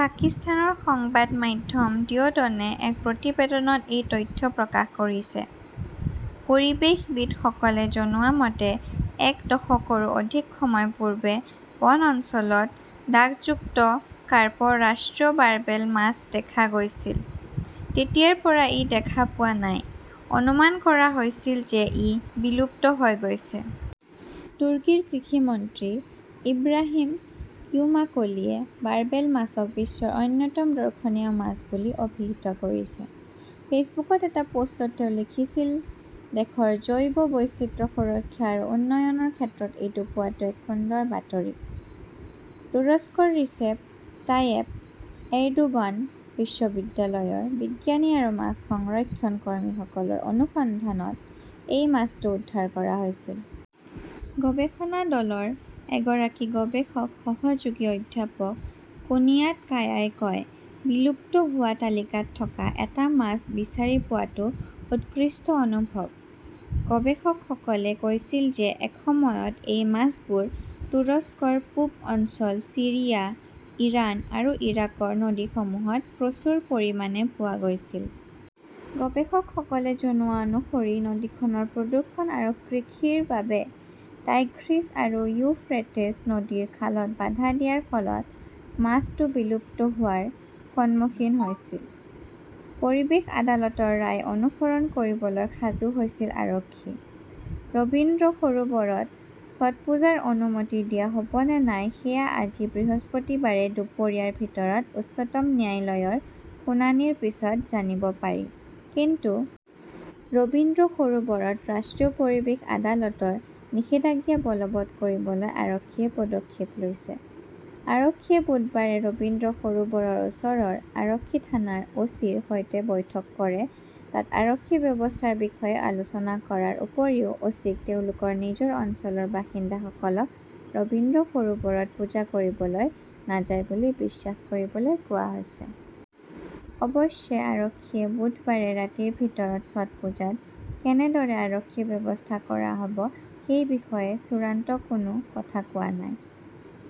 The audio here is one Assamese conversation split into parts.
পাকিস্তানৰ সংবাদ মাধ্যম দ্য ডনে এক প্ৰতিবেদনত এই তথ্য প্ৰকাশ কৰিছে। পৰিৱেশবিদসকলে জনোৱা মতে, এক দশকৰো অধিক সময় পূৰ্বে বন অঞ্চলত দাগযুক্ত কাৰ্প ৰাষ্ট্ৰীয় বাৰ্বেল মাছ দেখা গৈছিল। তেতিয়াৰ পৰা ই দেখা পোৱা নাই, অনুমান কৰা হৈছিল যে ই বিলুপ্ত হৈ গৈছে। তুৰ্কীৰ কৃষি মন্ত্ৰী ইব্ৰাহিম ইউমাকলীয়ে বাৰ্বেল মাছক বিশ্বৰ অন্যতম দৰ্শনীয় মাছ বুলি অভিহিত কৰিছে। ফেচবুকত এটা পোষ্টত তেওঁ লিখিছিল দেশৰ জৈৱ বৈচিত্ৰ্য সুৰক্ষা আৰু উন্নয়নৰ ক্ষেত্ৰত এইটো পোৱাটো এক সুন্দৰ বাতৰি। তুৰস্কৰ ৰিচেপ তাইয়েপ এৰডোগান বিশ্ববিদ্যালয়ৰ বিজ্ঞানী আৰু মাছ সংৰক্ষণ কৰ্মীসকলৰ অনুসন্ধানত এই মাছটো উদ্ধাৰ কৰা হৈছিল। গৱেষণা দলৰ এগৰাকী গৱেষক সহযোগী অধ্যাপক কুনিয়াত কায়াই কয়, বিলুপ্ত হোৱা তালিকাত থকা এটা মাছ বিচাৰি পোৱাটো উৎকৃষ্ট অনুভৱ। গৱেষকসকলে কৈছিল যে এসময়ত এই মাছবোৰ তুৰস্কৰ পূব অঞ্চল ছিৰিয়া, ইৰাণ আৰু ইৰাকৰ নদীসমূহত প্ৰচুৰ পৰিমাণে পোৱা গৈছিল। গৱেষকসকলে জনোৱা অনুসৰি নদীখনৰ প্ৰদূষণ আৰু কৃষিৰ বাবে টাইগ্ৰিছ আৰু ইউফ্ৰেটিছ নদীৰ খালত বাধা দিয়াৰ ফলত মাছটো বিলুপ্ত হোৱাৰ সন্মুখীন হৈছিল। পৰিৱেশ আদালতৰ ৰায় অনুসৰণ কৰিবলৈ সাজু হৈছে আৰক্ষী ।ৰবীন্দ্ৰ সৰোবৰত ছটপুজাৰ অনুমতি দিয়া হ'ব নে নাই সেয়া আজি বৃহস্পতিবাৰে দুপৰীয়াৰ ভিতৰত উচ্চতম ন্যায়ালয়ৰ শুনানিৰ পিছত জানিব পাৰি ।কিন্তু ৰবীন্দ্ৰ সৰোবৰত ৰাষ্ট্ৰীয় পৰিৱেশ আদালতৰ নিষেধাজ্ঞা বলৱৎ কৰিবলৈ আৰক্ষীয়ে পদক্ষেপ লৈছে। আৰক্ষীয়ে বুধবাৰে ৰবীন্দ্ৰ সৰোবৰৰ ওচৰৰ আৰক্ষী থানাৰ অ চি ৰ সৈতে বৈঠক কৰে তাত আৰক্ষী ব্যৱস্থাৰ বিষয়ে আলোচনা কৰাৰ উপৰিও অ চি ক তেওঁলোকৰ নিজৰ অঞ্চলৰ বাসিন্দাসকলক ৰবীন্দ্ৰ সৰোবৰত পূজা কৰিবলৈ নাযায় বুলি বিশ্বাস কৰিবলৈ কোৱা হৈছে। অৱশ্যে আৰক্ষীয়ে বুধবাৰে ৰাতিৰ ভিতৰত ছটপুজাত কেনেদৰে আৰক্ষী ব্যৱস্থা কৰা হ'ব সেই বিষয়ে চূড়ান্ত কোনো কথা কোৱা নাই।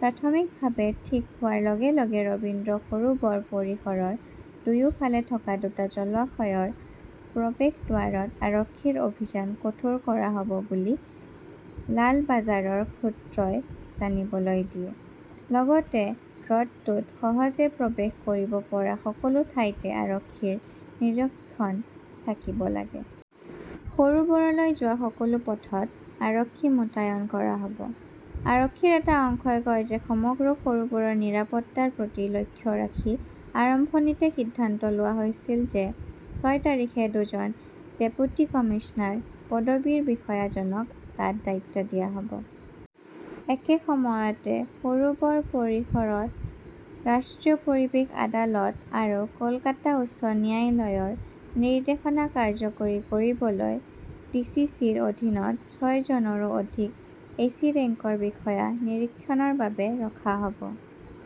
প্ৰাথমিকভাৱে ঠিক হোৱাৰ লগে -লগে ৰবীন্দ্ৰ সৰোবৰ পৰিসৰৰ দুয়োফালে থকা দুটা জলাশয়ৰ প্ৰৱেশদ্বাৰত আৰক্ষীৰ অভিযান কঠোৰ কৰা হ'ব বুলি লালবাজাৰৰ সূত্ৰই জানিবলৈ দিয়ে, লগতে হ্ৰদটোত সহজে প্ৰৱেশ কৰিব পৰা সকলো ঠাইতে আৰক্ষীৰ নিৰীক্ষণ থাকিব লাগে। সৰোবৰলৈ যোৱা সকলো পথত আৰক্ষী মোতায়ন কৰা হ'ব। আৰক্ষীৰ এটা অংশই কয় যে সমগ্ৰ সৰোবৰৰ নিৰাপত্তাৰ প্ৰতি লক্ষ্য ৰাখি আৰম্ভণিতে সিদ্ধান্ত লোৱা হৈছিল যে ছয় তাৰিখে দুজন ডেপুটি কমিছনাৰ পদবীৰ বিষয়াজনক তাত দায়িত্ব দিয়া হ 'ব। একে সময়তে, সৰোবৰ পৰিসৰত ৰাষ্ট্ৰীয় পৰিৱেশ আদালত আৰু কলকাতা উচ্চ ন্যায়ালয়ৰ নিৰ্দেশনা কাৰ্যকৰী কৰিবলৈ ডিচিডিৰ অধীনত ছয়জনৰো অধিক এচি ৰেংকৰ বিষয়া নিৰীক্ষণৰ বাবে ৰখা হ 'ব।